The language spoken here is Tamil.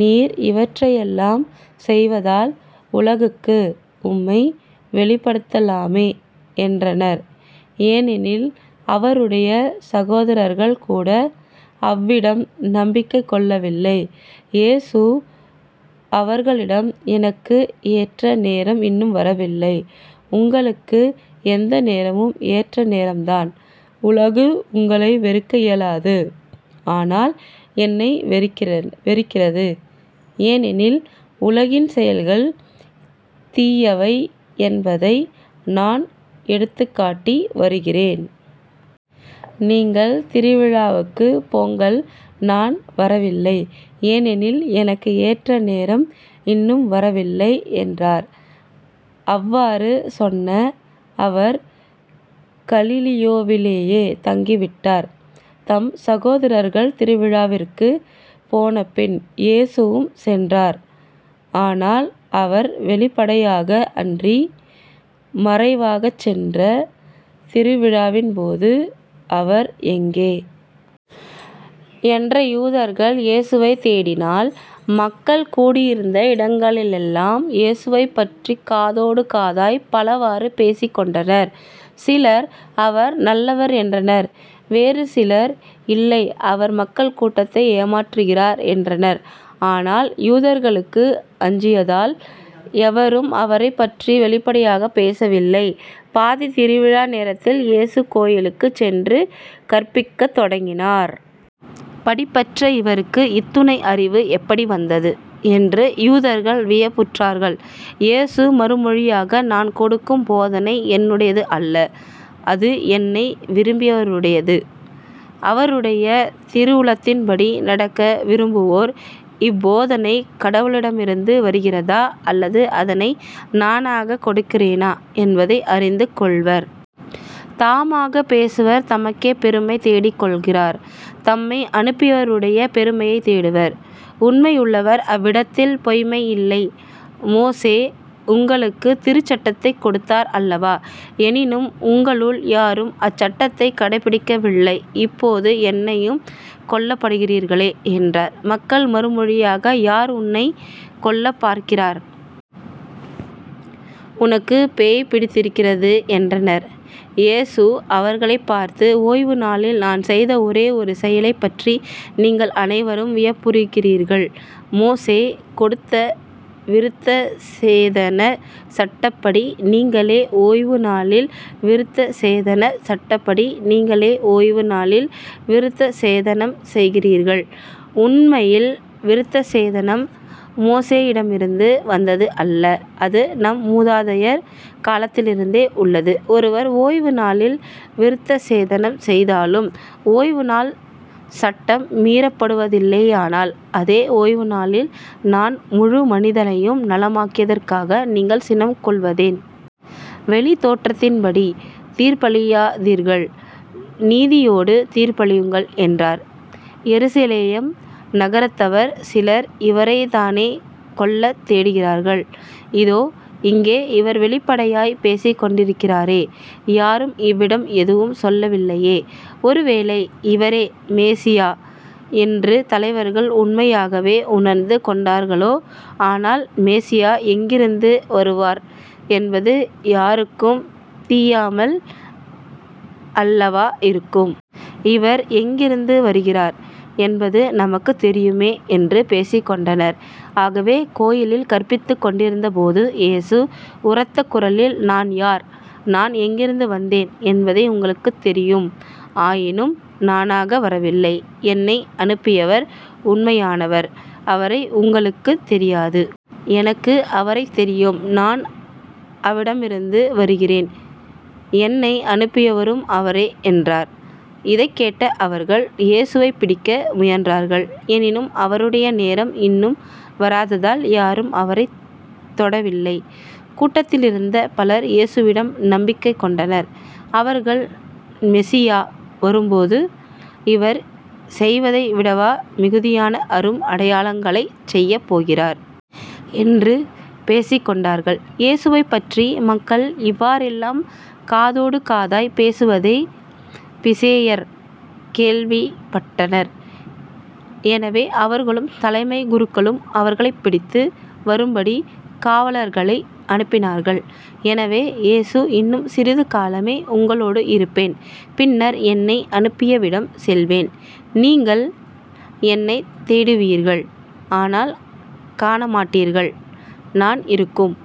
நீர் இவற்றையெல்லாம் செய்வதால் உலகுக்கு உம்மை வெளிப்படுத்தலாமே என்றனர். ஏனெனில்அவருடைய சகோதரர்கள் கூட அவ்விடம் நம்பிக்கை கொள்ளவில்லை. இயேசு அவர்களிடம் எனக்கு ஏற்ற நேரம் இன்னும் வரவில்லை உங்களுக்கு எந்த நேரமும் ஏற்ற நேரம்தான். உலகு உங்களை வெறுக்க இயலாது ஆனால் என்னை வெறுக்கிறது. ஏனெனில் உலகின் செயல்கள் தீயவை என்பதை நான் எடுத்துக்காட்டி வருகிறேன். நீங்கள் திருவிழாவுக்குப் போங்கள் நான் வரவில்லை. ஏனெனில் எனக்கு ஏற்ற நேரம் இன்னும் வரவில்லை என்றார். அவ்வாறு சொன்ன அவர் கலிலேயாவிலேயே தங்கி விட்டார். தம் சகோதரர்கள் திருவிழாவிற்குப் போனபின் இயேசுவும் சென்றார். ஆனால் அவர் வெளிப்படையாக அன்றி மறைவாகச் சென்ற திருவிழாவின்போது அவர் எங்கே? என்ற யூதர்கள் இயேசுவைத் தேடினாள். மக்கள் கூடியிருந்த இடங்களிடலெல்லாம் இயேசுவைப்பற்றிக்காதோடு காதாய்ப் பலவாறு பேசிக் கொண்டனர். சிலர் அவர் நல்லவர் என்றனர். வேறு சிலர் இல்லை அவர் மக்கள் கூட்டத்தை ஏமாற்றுகிறார் என்றனர். ஆனால் யூதர்களுக்கு அஞ்சியதால் எவரும் அவரைப் பற்றி வெளிப்படையாகப் பேசவில்லை. பாதித் திருவிழா நேரத்தில் இயேசு கோவிலுக்குச் சென்று கற்பிக்கத் தொடங்கினார். படிப்பற்ற இவருக்கு இத்துணை அறிவு எப்படி வந்தது? என்று யூதர்கள் வியப்புற்றார்கள். இயேசு மறுமொழியாக நான் கொடுக்கும் போதனை என்னுடையது அல்ல அது என்னை அனுப்பியவருடையது. அவருடைய திருவுளத்தின்படி நடக்க விரும்புவோர் இப்போதனை கடவுளிடமிருந்து வருகிறதா? அல்லது அதனை நானாகக் கொடுக்கிறேனா என்பதை அறிந்து கொள்வர். தாமாகப் பேசுபவர் தமக்கே பெருமை தேடிக்கொள்கிறார். தம்மை அனுப்பியவருடைய பெருமையைத் தேடுபவர் உண்மையுள்ளவர் அவ்விடத்தில் பொய்ம்மை இல்லை. மோசே உங்களுக்குத் திருச்சட்டத்தைக் கொடுத்தார் அல்லவா? எனினும் உங்களுள் யாரும் அச்சட்டத்தைக் கடைப்பிடிப்பதில்லை. இப்போது என்னையும் கொல்லப்பார்க்கிறீர்களே என்றார். மக்கள் மறுமொழியாக யார் உன்னைக் கொல்லப் பார்க்கிறார்? உனக்குப் பேய் பிடித்திருக்கிறது என்றனர். இயேசு அவர்களைப் பார்த்து ஓய்வுநாளில் நான் செய்த ஒரே ஒரு செயலைப் பற்றி நீங்கள் அனைவரும் வியப்புறுகிறீர்கள். மோசே கொடுத்த விருத்தசேதனச் சட்டப்படி நீங்களே ஓய்வுநாளில் விருத்தசேதனச் சட்டப்படி நீங்களே ஓய்வு நாளில் விருத்தசேதனம் செய்கிறீர்கள். உண்மையில் விருத்தசேதனம் மோசேயிடமிருந்து வந்தது அல்ல அது நம் முதாதையர் காலத்திலிருந்தே உள்ளது ஒருவர் ஓய்வு நாளில் விருத்தசேதனம் செய்தாலும் ஓய்வு நாள் சட்டம் மீறப்படுவதில்லையானால் அதே ஓய்வுநாளில் நான் முழு மனிதனையும் நலமாக்கியதற்காக நீங்கள் சினம் கொள்வதேன்? வெளித்தோற்றத்தின்படி தீர்ப்பளியாதீர்கள். நீதியோடு தீர்ப்பளியுங்கள் என்றார். எருசலேம் நகரத்தவர் சிலர் இவரைத்தானே கொல்லத் தேடுகிறார்கள்? இதோ. இங்கே இவர் வெளிப்படையாய்ப் பேசிக்கொண்டிருக்கிறாரே. யாரும் இவிடம் எதுவும் சொல்லவில்லையே. ஒருவேளை இவரே மெசியா என்று தலைவர்கள் உண்மையாகவே உண்ந்துகொண்டார்களோ? ஆனால் மெசியா எங்கிருந்து வருவார் என்பது யாருக்கும் தியாமல் அல்லவா இருக்கும். இவர் எங்கிருந்து வருகிறார் என்பது நமக்குத் தெரியுமே என்று பேசிக் கொண்டனர். ஆகவே கோவிலில் கற்பித்துக் கொண்டிருந்தபோது இயேசு உரத்த குரலில் நான் யார்? நான் எங்கிருந்து வந்தேன் என்பவை உங்களுக்குத் தெரியும். ஆயினும் நானாக வரவில்லை. என்னை அனுப்பியவர் உண்மையானவர். அவரை உங்களுக்குத் தெரியாது. எனக்கு அவரைத் தெரியும். நான் அவிடமிருந்து வருகிறேன். என்னை அனுப்பியவரும் அவரே என்றார். இதைக் கேட்ட அவர்கள் இயேசுவைப் பிடிக்க முயன்றார்கள். எனினும் அவருடைய நேரம் இன்னும் வராததால் யாரும் அவரைத் தொடவில்லை. கூட்டத்திலிருந்த பலர் இயேசுவிடம் நம்பிக்கை கொண்டனர். அவர்கள் மெசியா வரும்போது இவர் செய்வதைவிடவா மிகுதியான அரும் அடையாளங்களைச் செய்யப் போகிறார்? என்று பேசிக்கொண்டார்கள். இயேசுவைப்பற்றி மக்கள் இவ்வாறெல்லாம் காதோடு காதாய்ப் பேசுவதைப் பிசேயர் கேள்விப்பட்டனர். எனவே அவர்களும் தலைமைக் குருக்களும் அவரைப் பிடித்து வரும்படி காவலர்களை அனுப்பினார்கள். எனவே இயேசு இன்னும் சிறிது காலமே உங்களோடு இருப்பேன் பின்னர் என்னை அனுப்பியவிடம் செல்வேன். நீங்கள் என்னைத் தேடுவீர்கள் ஆனால் காணமாட்டீர்கள். நான் இருக்கும்